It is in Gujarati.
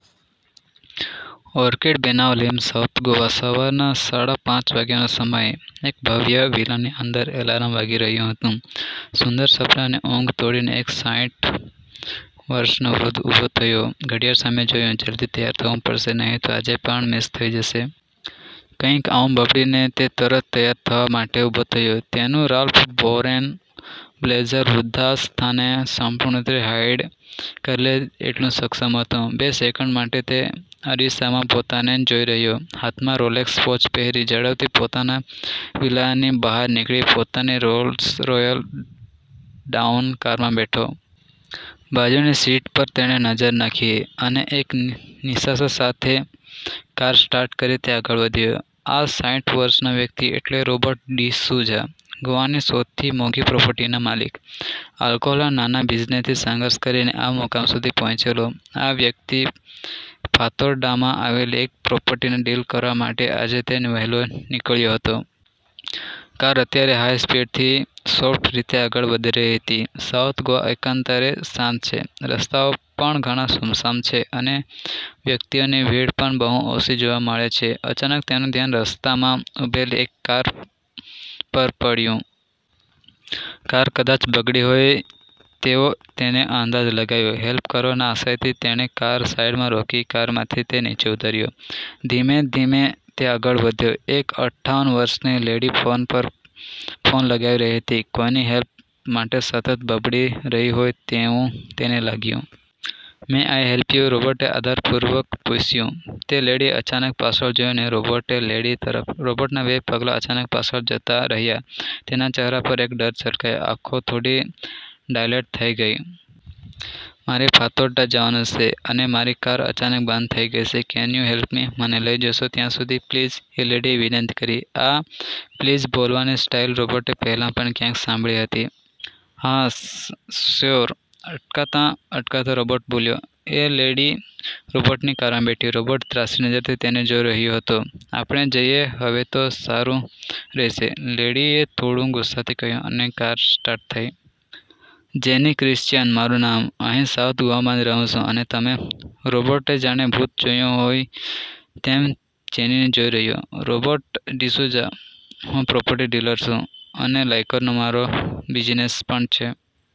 ઓર્કિડ, બેનાઉલિમ સાઉથ ગોવા: સવારના સાડા પાંચ વાગ્યાનો સમય. એક ભવ્ય વિલાની અંદર અલાર્મ વાગી રહ્યું હતું. સુંદર સપનાઓની ઊંઘ તોડીને એક સાઈઠ વર્ષનો વૃદ્ધ પુરૂષ ઉભો થયો. ઘડિયાળ સામે જોયું, "જલ્દી તૈયાર થવું પડશે, નહીં તો આજે પણ મિસ થઈ જશે." કંઈક આવું બબડીને તે તરત તૈયાર થવા માટે ઉભો થયો. તેનું 'રાલ્ફ લોરેન બ્લેઝર' વૃદ્ધાવસ્થાને સંપૂર્ણ રીતે હાઇડ કરી લે એટલું સક્ષમ હતું. બે સેકન્ડ માટે તે અરીસામાં પોતાને જ જોઈ રહ્યો. હાથમાં રોલેક્સ વોચ પહેરી, ઝડપથી પોતાના વિલાની બહાર નીકળી પોતાની "રોલ્સ રોયલ ડાઉન" કારમાં બેઠો. બાજુની સીટ પર તેણે નજર નાખી, અને એક નિસાસા સાથે કાર સ્ટાર્ટ કરી તે આગળ વધ્યો. આ સાઈઠ વર્ષનો વ્યક્તિ એટલે રોબર્ટ ડિસુઝા. ગોવાની સૌથી મોંઘી પ્રોપર્ટીનો માલિક. આલ્કોહોલના નાના બિઝનેસથી સંઘર્ષ કરીને આ મુકામ સુધી પહોંચેલો, આ વ્યક્તિ 'ફાતોરડા' માં આવેલી એક પ્રોપર્ટીની ડીલ કરવા માટે આજે તે વહેલો નીકળ્યો હતો. કાર અત્યારે હાઇ સ્પીડથી સોફ્ટ રીતે આગળ વધી રહી હતી. સાઉથ ગોવા એકંદરે શાંત છે, રસ્તાઓ પણ ઘણા સૂમસામ છે, અને વ્યક્તિઓની ભીડ પણ બહુ ઓછી જોવા મળે છે. અચાનક તેનું ધ્યાન રસ્તામાં ઊભેલી એક કાર પર પડ્યું. કાર કદાચ બગડી ગઈ હોય તેવો તેને અંદાજ લગાવ્યો. હેલ્પ કરવાના આશયથી તેણે કાર સાઇડમાં રોકી કારમાંથી તે નીચે ઊતર્યો. ધીમે-ધીમે તે આગળ વધ્યો. એક અઠાવન વર્ષની લેડી ફોન પર ફોન લગાવી રહી હતી, કોઈની હેલ્પ માટે સતત બબડી રહી હોય તેવું તેને લાગ્યું. "May I help you?" રૉબર્ટે આદરપૂર્વક પૂછ્યું. તે લેડીએ અચાનક પાછળ જોયું અને રોબર્ટે લેડી તરફ. રોબર્ટના બે પગલાં અચાનક પાછળ જતા રહ્યા. તેના ચહેરા પર એક ડર છલકાયો. આંખો થોડી ડાયલેટ થઈ ગઈ. "મારે ફાતોરડા જવાનું છે અને મારી કાર અચાનક બંધ થઈ ગઈ, કેન યુ હેલ્પ મી? મને લઈ જશો ત્યાં સુધી? પ્લીઝ!" એ લેડીએ વિનંતી કરી. આ પ્લીઝ બોલવાની સ્ટાઈલ રૉબર્ટે પહેલા પણ ક્યાંક સાંભળી હતી. "હા સ, સ, સ્યોર!" અટકાતા-અટકાતા રોબર્ટ બોલ્યો.. એ લેડી રોબર્ટની કારમાં બેઠી. રોબર્ટ ત્રાંસી નજરથી તેને જોઈ રહ્યો હતો. "આપણે જઈએ હવે તો સારૂ રહેશે!" લેડીએ થોડુ ગુસ્સાથી કહ્યું. અને કાર સ્ટાર્ટ થઈ. " 'જેની ક્રિસ્ચયન' મારૂ નામ. અહીં સાઉથ ગોવામાં જ રહું છું, અને તમે?" રોબર્ટે જાણે ભૂત જોયું હોય તેમ જેનીને જોઈ રહ્યો. " 'રૉબર્ટ ડિસુઝા', હું પ્રોપર્ટી ડીલર છું, અને લાઈકરનો મારો બિઝનેસ પણ છે."